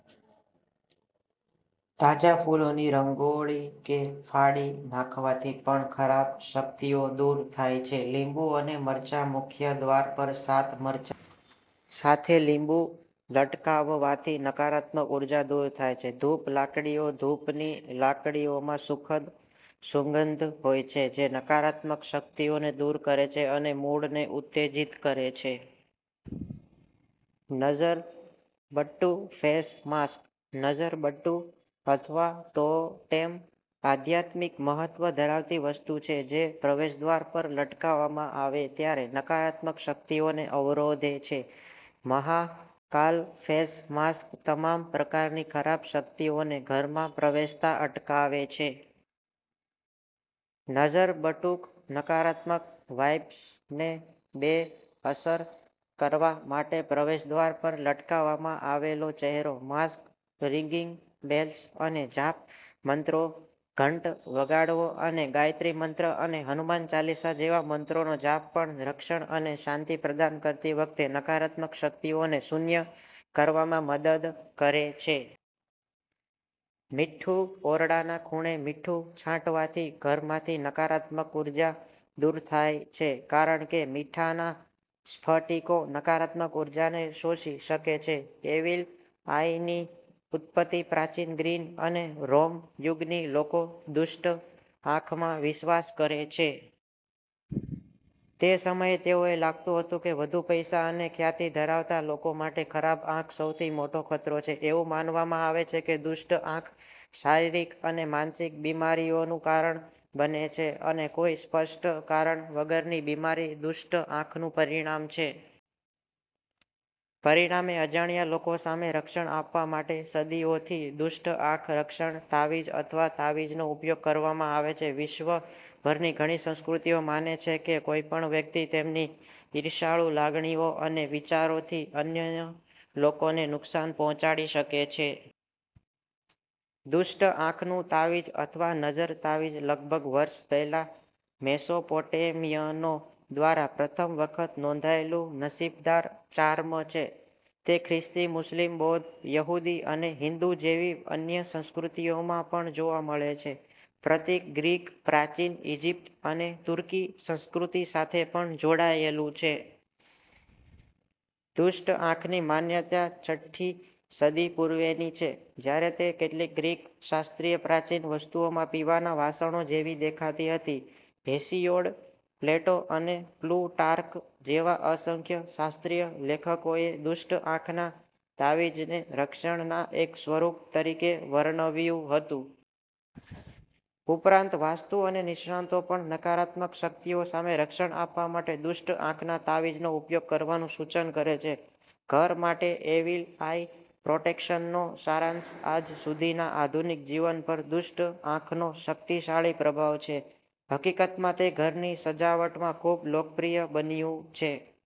તાજા ફૂલોની રંગોળી કે ફાડી નાખવાથી પણ ખરાબ શક્તિઓ દૂર થાય છે. લીંબુ અને મરચાંઃ મુખ્ય દ્વાર પર સાત મરચાં સાથે લીંબુ લટકાવવાથી નકારાત્મક ઉર્જા દૂર થાય છે. ધૂપ લાકડીઓ: ધૂપની લાકડીઓમાં સુખદ સુગંધ હોય છે જે નકારાત્મક શક્તિઓને દૂર કરે છે અને મૂડને ઉત્તેજિત કરે છે. નઝર બટ્ટુ ફેસ માસ્ક: નઝર બટ્ટુ, અથવા ટોટેમ, આધ્યાત્મિક મહત્વ ધરાવતી વસ્તુ છે જે પ્રવેશદ્વાર પર લટકાવવામાં આવે ત્યારે નકારાત્મક શક્તિઓને અવરોધે છે. "મહાકાલ" ફેસ માસ્ક તમામ પ્રકારની ખરાબ શક્તિઓને ઘરમાં પ્રવેશતા અટકાવે છે. નઝર બટુક નકારાત્મક વાઇબ્સને બેઅસર કરવા માટે પ્રવેશદ્વાર પર લટકાવવામાં આવેલો ચહેરો, માસ્ક રિંગિંગ બેલ્સ અને જાપ મંત્રો, ઘંટ વગાડવો અને ગાયત્રી મંત્ર અને હનુમાન ચાલીસા જેવા મંત્રોનો જાપ પણ રક્ષણ અને શાંતિ પ્રદાન કરતી વખતે નકારાત્મક શક્તિઓને શૂન્ય કરવામાં મદદ કરે છે. મીઠું: ઓરડાના ખૂણે મીઠું છાંટવાથી ઘરમાંથી નકારાત્મક ઉર્જા દૂર થાય છે કારણ કે મીઠાના સ્ફટિકો નકારાત્મક ઊર્જાને શોષી શકે છે. એવિલ આઇની ઉત્પત્તિ: પ્રાચીન ગ્રીસ અને રોમ યુગથી લોકો દુષ્ટ આંખમાં વિશ્વાસ કરે છે. તે સમયે તેઓને લાગતું હતું કે વધુ પૈસા અને ખ્યાતિ ધરાવતા લોકો માટે ખરાબ આંખ સૌથી મોટો ખતરો છે. એવું માનવામાં આવે છે કે દુષ્ટ આંખ શારીરિક અને માનસિક બીમારીઓનું કારણ બને છે અને કોઈ સ્પષ્ટ કારણ વગરની બીમારી દુષ્ટ આંખનું પરિણામ છે. પરિણામે, અજાણ્યા લોકો સામે રક્ષણ આપવા માટે સદીઓથી દુષ્ટ આંખ રક્ષણ, તાવીજ અથવા તાવીજનો ઉપયોગ કરવામાં આવે છે. વિશ્વભરની ઘણી સંસ્કૃતિઓ માને છે કે કોઈ પણ વ્યક્તિ તેમની ઈર્ષાળુ લાગણીઓ અને વિચારોથી અન્ય લોકોને નુકસાન પહોંચાડી શકે છે. દુષ્ટ આંખનું તાવીજ અથવા નઝર તાવીજ લગભગ વર્ષ પહેલાં મેસોપોટેમિયનો દ્વારા પ્રથમ વખત નોંધાયેલું નસીબદાર ચાર્મ છે. તે ખ્રિસ્તી, મુસ્લિમ, બૌદ્ધ, યહૂદી અને હિંદુ જેવી અન્ય સંસ્કૃતિઓમાં પણ જોવા મળે છે. પ્રતીક ગ્રીક, પ્રાચીન ઇજિપ્ત અને તુર્કી સંસ્કૃતિ સાથે પણ જોડાયેલું છે. દુષ્ટ આંખની માન્યતા ઠ્ઠી સદી પૂર્વેની છે જ્યારે તે કેટલીક ગ્રીક શાસ્ત્રીય પ્રાચીન વસ્તુઓમાં પીવાના વાસણો જેવી દેખાતી હતી. હેસિયોડ, પ્લેટો અને પ્લુટાર્ક જેવા અસંખ્ય શાસ્ત્રીય લેખકોએ દુષ્ટ આંખના તાવીજને રક્ષણના એક સ્વરૂપ તરીકે વર્ણવ્યું હતું. ઉપરાંત, વાસ્તુ અને નિષ્ણાતો પણ નકારાત્મક શક્તિઓ સામે રક્ષણ આપવા માટે દુષ્ટ આંખના તાવીજનો ઉપયોગ કરવાનું સૂચન કરે છે. ઘર માટે એવિલ આઇ પ્રોટેક્શનનો સારાંશ આજ સુધીના આધુનિક જીવન પર દુષ્ટ આંખનો શક્તિશાળી પ્રભાવ છે. હકીકતમાં, તે ઘરની સજાવટમાં ખૂબ લોકપ્રિય બન્યું છે.